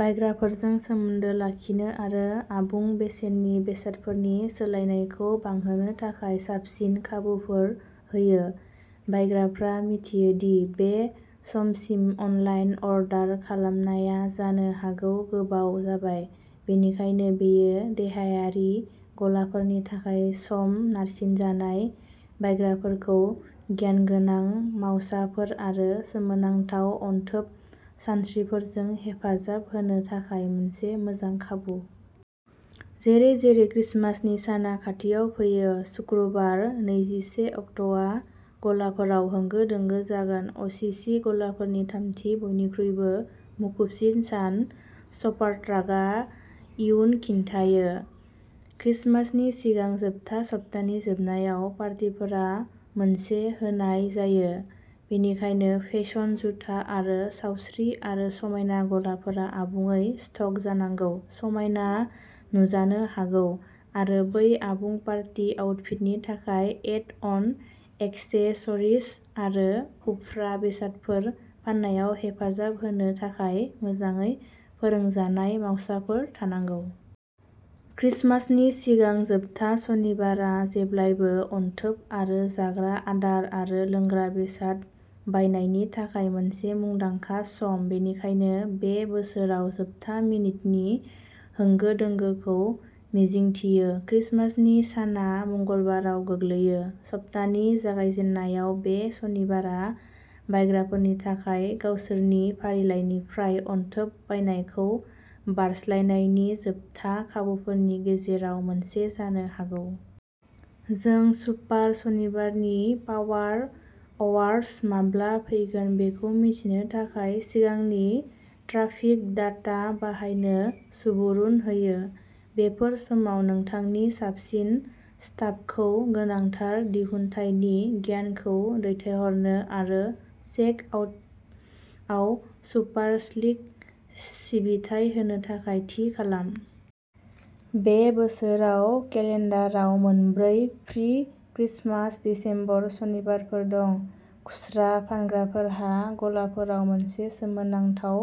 बायग्राफोरजों सोमोन्दो लाखिनो आरो आबुं बेसेननि बेसादफोरनि सोलायनायखौ बांहोनो थाखाय साबसिन खाबुफोर होयो। बायग्राफ्रा मिथियो दि बे समसिम अनलाइन अर्डार खालामनाया जानो हागौ गोबाव जाबाय, बेनिखायनो बेयो देहायारि गलाफोरनि थाखाय सम-नारसिनजानाय बायग्राफोरखौ गियानगोनां मावसाफोर आरो सोमोनांथाव अनथोब सानस्रिफोरजों हेफाजाब होनो थाखाय मोनसे मोजां खाबु। जेरै-जेरै क्रिसमासनि साना खाथियाव फैयो, सुक्रुबार नैजिसे अक्ट'आ गलाफोराव होंगो-दोंगो जागोन, असिसि गलाफोरनि थामथि बयनिख्रुइबो मुखुबसिन सान शपारट्राकआ इयुन खिन्थायो। क्रिसमासनि सिगां जोबथा सप्तानि जोबनायाव पार्टीफोरा मोनसे होनाय जायो, बेनिखायनो फेसन, जुथा आरो सावस्रि आरो समायना गलाफोरा आबुङै स्टक जानांगौ, समायना नुजानो हागौ, आरो बै आबुं पार्टी आउटफिटनि थाखाय एड-अन एक्सेसरिज आरो उफ्रा बेसादफोर फाननायाव हेफाजाब होनो थाखाय मोजाङै फोरोंजानाय मावसाफोर थानांगौ। क्रिसमासनि सिगां जोबथा सनिबारआ जेब्लाबो अनथोब आरो जाग्रा आदार आरो लोंग्रा बेसाद बायनायनि थाखाय मोनसे मुंदांखा सम, बेनिखायनो बे बोसोराव जोबथा मिनिटनि होंगो-दोंगोखौ मिजिंथियो। क्रिसमासनि साना मंगलबाराव गोग्लैयो, सप्तानि जागायजेन्नायाव बे सनिबारआ बायग्राफोरनि थाखाय गावसोरनि फारिलाइनिफ्राय अनथोब बायनायखौ बारस्लायनायनि जोबथा खाबुफोरनि गेजेराव मोनसे जानो हागौ। जों सुपार सनिबारनि पावार अवार्स माब्ला फैगोन बेखौ मिथिनो थाखाय सिगांनि ट्राफिक डाटा बाहायनो सुबुरुन होयो। बेफोर समाव नोंथांनि साबसिन स्टाफखौ गोनांथार दिहुनथायनि गियानखौ दैथायहरनो आरो चेक-आउटआव सुपार-स्लिक सिबिथाइ होनो थाखाय थि खालाम। बे बोसोराव, केलेन्डाराव मोनब्रै प्रि-क्रिसमास दिसेम्बर सनिबारफोर दं, खुस्रा फानग्राफोरहा गलाफोराव मोनसे सोमोनांथाव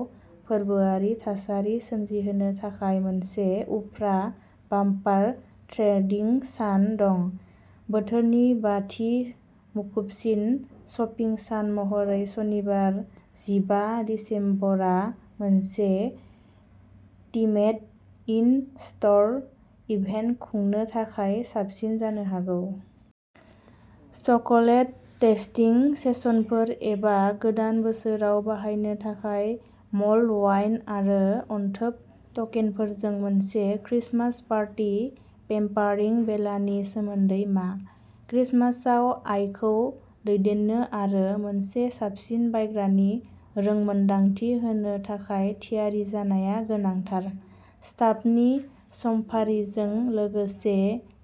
फोरबोआरि थासारि सोमजिहोनो थाखाय मोनसे उफ्रा बाम्पार ट्रेडिं सान दं। बोथोरनि बाथि मुखुबसिन शपिं सान महरै, सनिबार जिबा दिसेम्बरआ मोनसे थिमेड इन-स्ट'र इभेन्ट खुंनो थाखाय साबसिन जानो हागौ। चकलेट-टेस्टिं सेसनफोर एबा गोदान बोसोराव बाहायनो थाखाय मल्ड वाइन आरो अनथोब टकेनफोरजों मोनसे क्रिसमास पार्टी पेम्पारिं बेलानि सोमोन्दै मा? क्रिसमासआव, आयखौ दैदेननो आरो मोनसे साबसिन बायग्रानि रोंमोनदांथि होनो थाखाय थियारि जानाया गोनांथार। स्टाफनि समफारिजों लोगोसे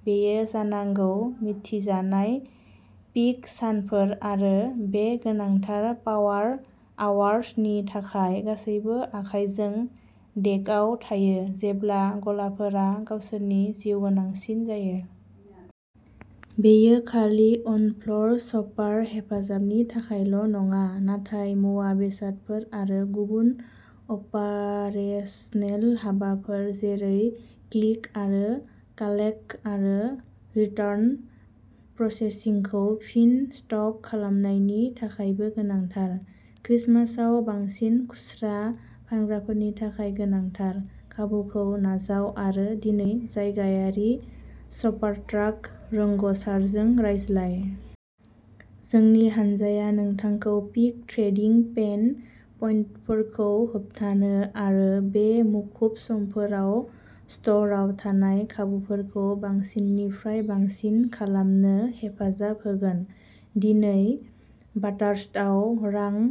बेयो जानांगौ मिथिजानाय पीक सानफोर आरो बै गोनांथार पावार आवार्स नि थाखाय गासैबो आखायजों डेकआव थायो जेब्ला गलाफोरा गावसोरनि जिउगोनांसिन जायो। बेयो खालि अन-फ्ल'र शपार हेफाजाबनि थाखायल' नङा, नाथाय मुवा बेसादफोर आरो गुबुन अपारेसनेल हाबाफोर जेरै क्लिक आरो कालेक्ट आरो रिटार्न प्रसेसिंखौ फिन स्टक खालामनायनि थाखायबो गोनांथार। क्रिसमासआ बांसिन खुस्रा फानग्राफोरनि थाखाय गोनांथार। खाबुखौ नाजाव आरो दिनै जायगायारि शपारट्राक रोंग'सारजों रायज्लाय। जोंनि हानजाया नोंथांखौ पीक ट्रेडिं पेन पइन्टफोरखौ होबथानो आरो बे मुखुब समफोराव स्ट'रआव थानाय खाबुफोरखौ बांसिननिफ्राय बांसिन खालामनो हेफाजाब होगोन। दिनै बाथार्स्टआव रां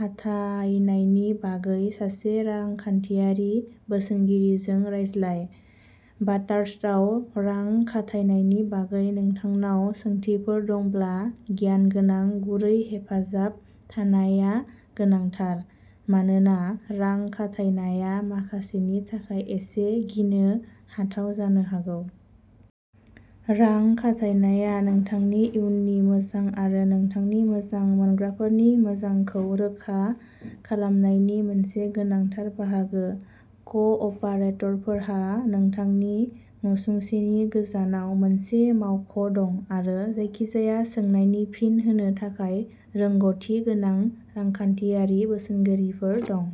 खाथायनायनि बागै सासे रांखान्थियारि बोसोनगिरिजों रायज्लाय! बाथार्स्टआव रां खाथायनायनि बागै नोंथांनाव सोंथिफोर दंब्ला गियानगोनां, गुरै हेफाजाब थानाया गोनांथार, मानोना रां खाथायनाया माखासेनि थाखाय एसे गिनो हाथाव जानो हागौ। रां खाथायनाया नोंथांनि इयुननि मोजां आरो नोंथांनि मोजां मोनग्राफोरनि मोजांखौ रोखा खालामनायनि मोनसे गोनांथार बाहागो। क'- अपारेटरफोरहा नोंथांनि नसुंसेनि गोजानाव मोनसे मावख' दं, आरो जायखिजाया सोंनायनि फिन होनो थाखाय रोंग'थि गोनां रांखान्थियारि बोसोनगिरिफोर दं।